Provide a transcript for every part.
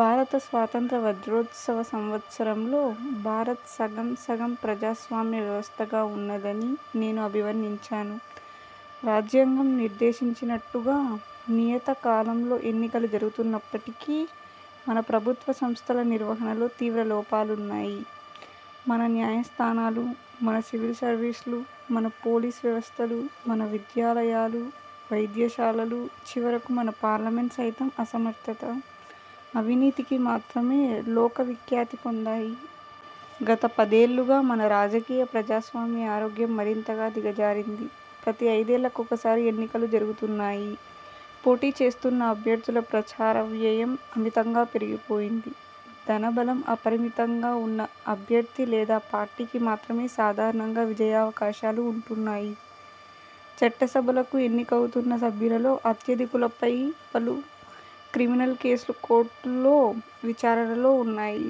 భారత స్వాతంత్ర్య వజ్రోత్సవ సంవత్సరం లో భారత్ 'సగం–సగం' ప్రజాస్వామ్య వ్యవస్థగా వున్నదని నేను అభివర్ణించాను. రాజ్యాంగం నిర్దేశించినట్టుగా నియతకాలంలో ఎన్నికలు జరుగుతున్నప్పటికీ మన ప్రభుత్వ సంస్థల నిర్వహణలో తీవ్ర లోపాలున్నాయి. మన న్యాయస్థానాలు, మన సివిల్ సర్వీస్లు, మన పోలీసు వ్యవస్థలూ, మన విద్యాలయాలూ వైద్యశాలలూ, చివరకు మన పార్లమెంటు సైతం అసమర్థత, అవినీతికి మాత్రమే లోక విఖ్యాతి పొందాయి. గత పదేళ్ళుగా మన రాజకీయ ప్రజాస్వామ్య ఆరోగ్యం మరింతగా దిగజారింది. ప్రతి ఐదేళ్ళకొకసారి ఎన్నికలు జరుగుతున్నాయి. పోటీచేస్తున్న అభ్యర్థుల ప్రచారవ్యయం అమితంగా పెరిగిపోయింది. ధన బలం అపరిమితంగా ఉన్న అభ్యర్థి లేదా పార్టీకి మాత్రమే సాధారణంగా విజయావకాశాలు వుంటున్నాయి. చట్టసభలకు ఎన్నికవుతున్న సభ్యులలో అత్యధికులపై పలు క్రిమినల్ కేసులు కోర్టుల్లో విచారణలో వున్నాయి.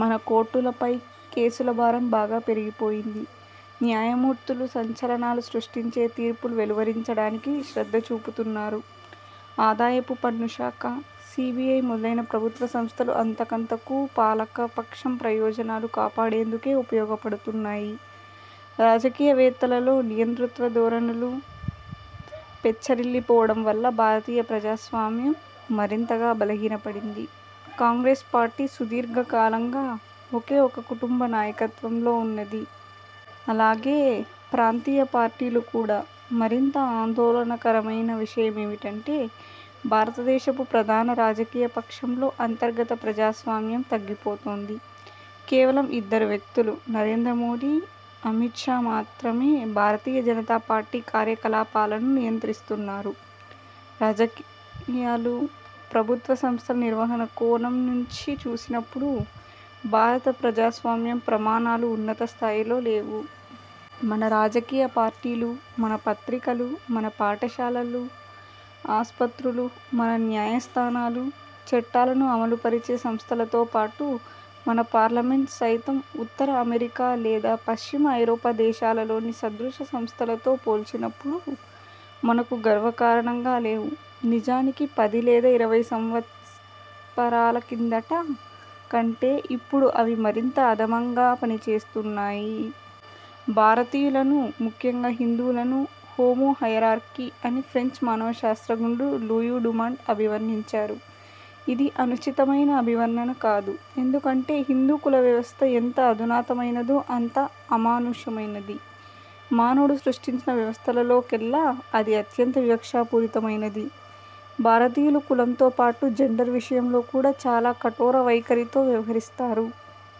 మన కోర్టులపై కేసులభారం బాగా పెరిగిపోయింది. న్యాయమూర్తులు సంచలనాలు సృష్టించే తీర్పులు వెలువరించడానికి శ్రద్ధచూపుతున్నారు. ఆదాయపు పన్ను శాఖ, సీబీఐ మొదలైన ప్రభుత్వసంస్థలు అంతకంతకూ పాలక పక్షం ప్రయోజనాలు కాపాడేందుకే ఉపయోగపడుతున్నాయి. రాజకీయవేత్తలలో నియంతృత్వ ధోరణులు పెచ్చరిల్లిపోవడం వల్ల భారతీయ ప్రజాస్వామ్యం। మరింతగా బలహీనపడింది. కాంగ్రెస్ పార్టీ సుదీర్ఘకాలంగా ఒకే ఒక కుటుంబ నాయకత్వంలో వున్నది. అలాగే ప్రాంతీయ పార్టీలు కూడా. మరింత ఆందోళనకరమైన విషయమేమిటంటే భారతదేశపు ప్రధాన రాజకీయ పక్షంలో అంతర్గత ప్రజాస్వామ్యం తగ్గిపోతోంది. కేవలం ఇద్దరు వ్యక్తులు– నరేంద్ర మోదీ, అమిత్ షా– మాత్రమే భారతీయ జనతా పార్టీ కార్యకలాపాలను నియంత్రిస్తున్నారు. రాజకీయాలు, ప్రభుత్వ సంస్థల నిర్వహణ కోణం నుంచి చూసినప్పుడు భారత ప్రజాస్వామ్యం ప్రమాణాలు ఉన్నతస్థాయిలో లేవు. మన రాజకీయ పార్టీలు, మన పత్రికలు, మన పాఠశాలలు, ఆస్పత్రులు, మన న్యాయస్థానాలు, చట్టాలను అమలుపరిచే సంస్థలతో పాటు మన పార్లమెంటు సైతం, ఉత్తర అమెరికా లేదా పశ్చిమ ఐరోపా దేశాలలోని సదృశ సంస్థలతో పోల్చినప్పుడు, మనకు గర్వకారణంగా లేవు. నిజానికి పది లేదా ఇరవై సంవత్పరాల కిందట కంటే ఇప్పుడు అవి మరింత అధమంగా పనిచేస్తున్నాయి. భారతీయులను, ముఖ్యంగా హిందువులను 'హోమో హయరార్కీ' అని ఫ్రెంచ్ మానవ శాస్త్రజ్ఞుడు లూయీ డుమాంట్ అభివర్ణించారు. ఇది అనుచితమైన అభివర్ణన కాదు. ఎందుకంటే హిందూ కులవ్యవస్థ ఎంత అధునాతనమైనదో అంత అమానుషమైనది. మానవుడు సృష్టించిన వ్యవస్థలలోకెల్లా అది అత్యంత వివక్షా పూరితమైనది. భారతీయులు కులంతో పాటు జెండర్ విషయంలో కూడా చాలా కఠోర వైఖరితో వ్యవహరిస్తారు.